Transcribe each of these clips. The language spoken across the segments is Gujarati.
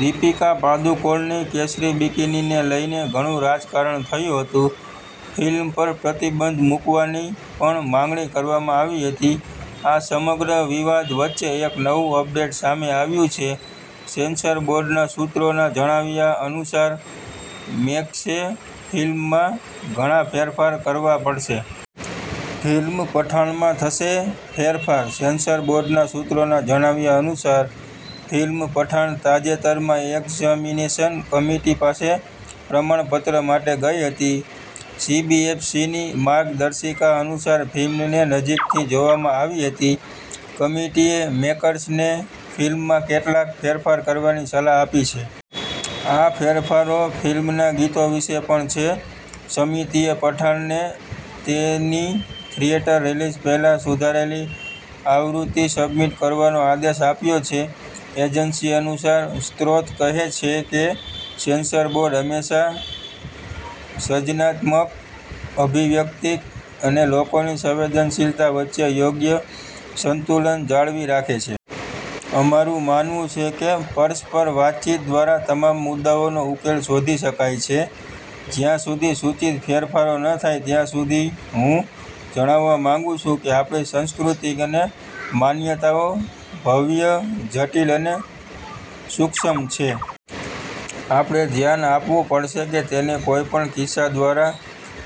દીપિકા પાદુકોણની 'કેસરી બિકીની'ને લઈને ઘણું રાજકારણ થયું હતું. ફિલ્મ પર પ્રતિબંધ મૂકવાની પણ માંગ કરવામાં આવી હતી. આ સમગ્ર વિવાદ વચ્ચે એક નવું અપડેટ સામે આવ્યું છે. સેન્સર બોર્ડના સૂત્રોના જણાવ્યા અનુસાર મેકર્સે ફિલ્મમાં ઘણા ફેરફાર કરવા પડશે. ફિલ્મ 'પઠાણ'માં થશે ફેરફાર? સેન્સર બોર્ડના સૂત્રોના જણાવ્યા અનુસાર, ફિલ્મ પઠાણ તાજેતરમાં એક્ઝામિનેશન કમિટી પાસે પ્રમાણપત્ર માટે ગઈ હતી. સીબીએફસીની માર્ગદર્શિકા અનુસાર ફિલ્મને નજીકથી જોવામાં આવી હતી. કમિટીએ મેકર્સને ફિલ્મમાં કેટલાક ફેરફાર કરવાની સલાહ આપી છે. આ ફેરફારો ફિલ્મના ગીતો વિશે પણ છે. સમિતિએ પઠાણને તેની થિયેટર રિલીઝ પહેલાં સુધારેલી આવૃત્તિ સબમિટ કરવાનો આદેશ આપ્યો છે. એજન્સી અનુસાર, સ્ત્રોત કહે છે કે "સેન્સર બોર્ડ હંમેશા સર્જનાત્મક અભિવ્યક્તિ અને લોકોની સંવેદનશીલતા વચ્ચે યોગ્ય સંતુલન જાળવી રાખે છે. " અમારું માનવું છે કે પરસ્પર વાતચીત દ્વારા તમામ મુદ્દાઓનો ઉકેલ શોધી શકાય છે. જ્યાં સુધી સૂચિત ફેરફારો ન થાય ત્યાં સુધી, હું જણાવવા માંગુ છું કે આપણી સંસ્કૃતિ અને માન્યતાઓ ભવ્ય, જટિલ અને સૂક્ષ્મ છે. "આપણે ધ્યાન આપવું પડશે કે તેને કોઈપણ કિસ્સા દ્વારા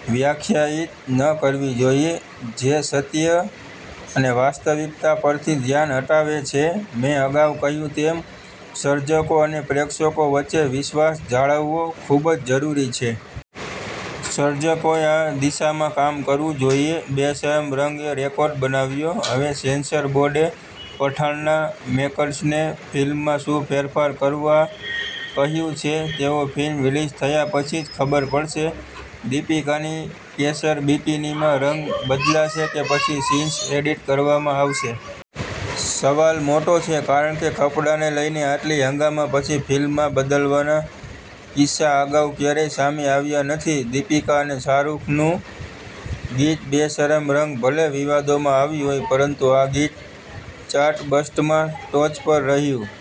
વ્યાખ્યાયિત ન કરવી જોઈએ. જે સત્ય અને વાસ્તવિકતા પરથી ધ્યાન હટાવે છે. મેં અગાઉ કહ્યું તેમ સર્જકો અને પ્રેક્ષકો વચ્ચે વિશ્વાસ જાળવવો ખૂબ જ જરૂરી છે. સર્જકોએ આ દિશામાં કામ કરવું જોઈએ. 'બેશરમ રંગ' એ રેકોર્ડ બનાવ્યો: હવે સેન્સર બોર્ડે પઠાણના મેકર્સને ફિલ્મમાં શું ફેરફાર કરવા કહ્યું છે, તે તો ફિલ્મ રિલીઝ થયા પછી જ ખબર પડશે. દીપિકાની 'કેસર બિકીની'માં રંગ બદલાશે કે પછી સીન્સ એડિટ કરવામાં આવશે? સવાલ મોટો છે, કારણ કે કપડાને લઈને આટલી હંગામા પછી ફિલ્મમાં બદલાવના કિસ્સા અગાઉ ક્યારેય સામે આવ્યા નથી. દીપિકા અને શાહરૂખનું ગીત બેશરમ રંગ ભલે વિવાદોમાં આવ્યું હોય, પરંતુ આ ગીત ચાર્ટબસ્ટરમાં ટોચ પર રહ્યું.